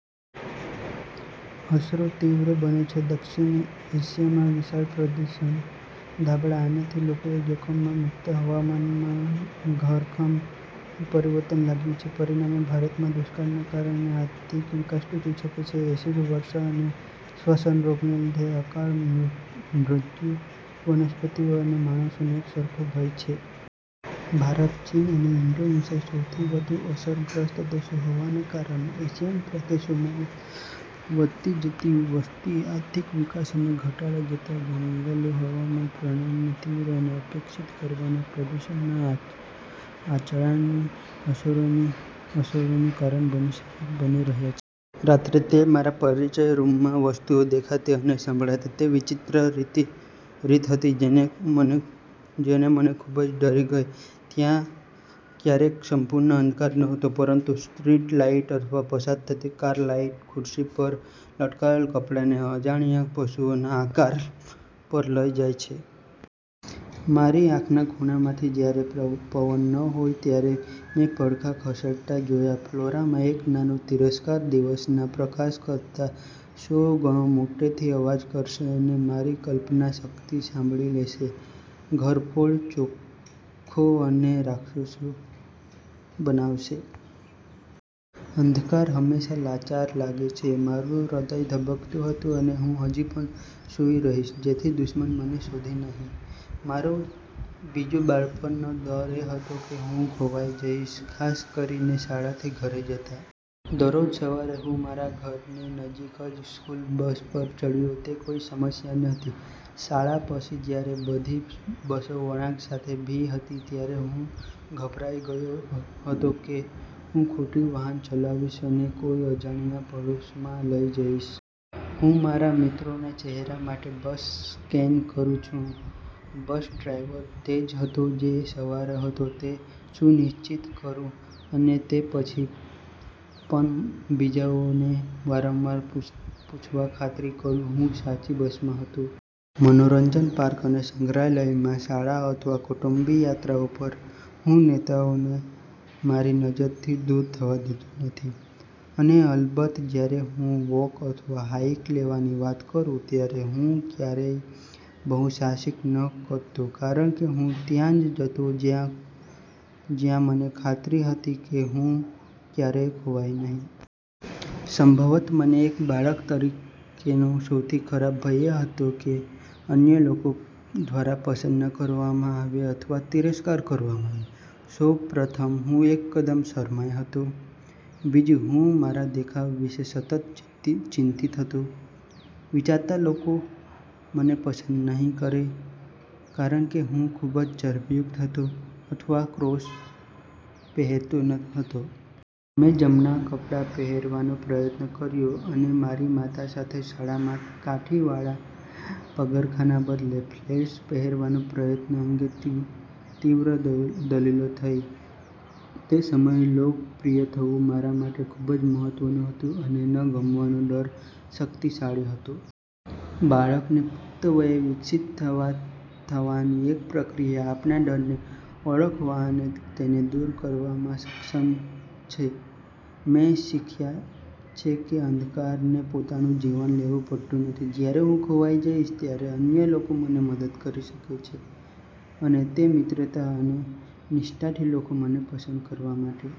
અસરો તીવ્ર બનશે. દક્ષિણ એશિયામાં વિશાળ પ્રદૂષણ ધાબળા. આનાથી લોકોએ જોખમમાં મુકતા હવામાનમાં ધરખમ પરિવર્તન લાવ્યું છે. પરિણામે, ભારતમાં દુષ્કાળને કારણે આર્થિક વિકાસ તૂટી શકે છે. એસિડ વરસાદ અને શ્વસન રોગને લીધે અકાળ મૃત્યુ વનસ્પતિઓ અને માણસોને એકસરખો ભય છે. ભારત, ચીન અને ઇન્ડોનેશિયા સૌથી વધુ અસરગ્રસ્ત દેશો હોવાને કારણે, એશિયન પ્રદેશોમાં વધતી જતી વસ્તી, આર્થિક વિકાસ અને ઘટતા જતા જંગલો, હવામાન પ્રણાલીને તીવ્ર અને વિક્ષેપિત કરવાના પ્રદૂષણના આંચળાની અસરોનું કારણ બની રહ્યા છે. રાત્રે તે મારા પરિચિત રૂમમાં વસ્તુઓ દેખાતી અને સંભળાતી તે વિચિત્ર રીત હતી જેણે મને ખૂબ ડરી ગઈ. ત્યાં ક્યારેય સંપૂર્ણ અંધકાર નહોતો, પરંતુ સ્ટ્રીટ લાઇટ અથવા પસાર થતી કાર લાઇટ્સ ખુરશી ઉપર લટકાવેલા કપડાંને અજાણ્યા પશુના આકાર પર લઈ જાય છે. મારી આંખના ખૂણામાંથી, જ્યારે પવન ન હોય ત્યારે મેં પડદા ખસેડતા જોયા. ફ્લોરમાં એક નાનો તિરસ્કાર, દિવસના પ્રકાશ કરતાં સો ગણો મોટેથી અવાજ કરશે અને મારી કલ્પનાશક્તિ સંભાળી લેશે, ઘરફોડ ચોક્કો અને રાક્ષસો બનાવશે. અંધકાર હંમેશા મને લાચાર લાગે છે. મારું હૃદય ધબકતું હતું અને હું હજી પણ સૂઈ રહીશ જેથી 'દુશ્મન' મને શોધે નહીં. મારો બીજો બાળપણનો ડર એ હતો કે હું ખોવાઈ જઈશ, ખાસ કરીને શાળાથી ઘરે જતા. દરરોજ સવારે, હું મારા ઘરની નજીક જ સ્કૂલ બસ પર ચડ્યો તે કોઈ સમસ્યા નહોતી. શાળા પછી, જ્યારે, બધી બસો વળાંક સાથે. ભી હતી, ત્યારે હું ગભરાઈ ગયો હતો કે હું ખોટી વાહન ચલાવીશ અને કોઈ અજાણ્યા પાડોશમાં લઈ જઇશ. હું મારા મિત્રોના ચહેરા માટે બસ સ્કેન કરું છું, બસ ડ્રાઇવર તે જ હતો જે સવારે હતો તે સુનિશ્ચિત કરું, અને તે પછી પણ બીજાઓને વારંવાર પૂછવા ખાતરી કરું, હું સાચી બસમાં હતો. મનોરંજન પાર્ક અથવા સંગ્રહાલયમાં શાળા અથવા કુટુંબની યાત્રાઓ પર, હું નેતાઓને મારી નજરથી દૂર થવા દેતો નહીં. અને અલબત્ત, જ્યારે હું વોક અથવા હાઇક લેવાની વાત કરું ત્યારે હું ક્યારેય બહુ સાહસિક નહોતો કારણ કે હું ત્યાં જ જતો હતો જ્યાં મને ખાતરી હતી કે હું ક્યારેય ખોવાઈશ નહીં. સંભવત, મને એક બાળક તરીકેનો સૌથી ખરાબ ભય એ હતો કે અન્ય લોકો દ્વારા પસંદ ન કરવામાં આવે અથવા સ્વીકારવામાં ન આવે. સૌ પ્રથમ, હું એકદમ શરમાળ હતો. બીજું, હું મારા દેખાવ વિશે સતત ચિંતિત હતો, વિચારતા લોકો મને પસંદ નહીં કરે કારણ કે હું ખૂબ ચરબીયુક્ત હતો અથવા કૌંસ પહેરતો હતો. મેં 'જમણા કપડા' પહેરવાનો પ્રયત્ન કર્યો અને મારી માતા સાથે શાળામાં કાઠીવાળા પગરખાંના બદલે ફ્લેટ્સ પહેરવાના મહત્વ અંગે તીવ્ર દલીલો થઈ. તે સમયે લોકપ્રિય થવું મારા માટે ખૂબ મહત્વનું હતું અને ન ગમવાનો ડર શક્તિશાળી હતો. બાળકથી પુખ્ત વયે વિકસિત થવાની એક પ્રક્રિયા આપણા ડરને ઓળખવા અને તેને દૂર કરવામાં સક્ષમ છે. મેં શીખ્યા છે કે અંધકારને પોતાનું જીવન લેવું પડતું નથી, જ્યારે હું ખોવાઈ જઈશ ત્યારે અન્ય લોકો મને મદદ કરી શકે છે અને તે મિત્રતા અને નિષ્ઠાથી લોકો મને પસંદ કરવા માટે।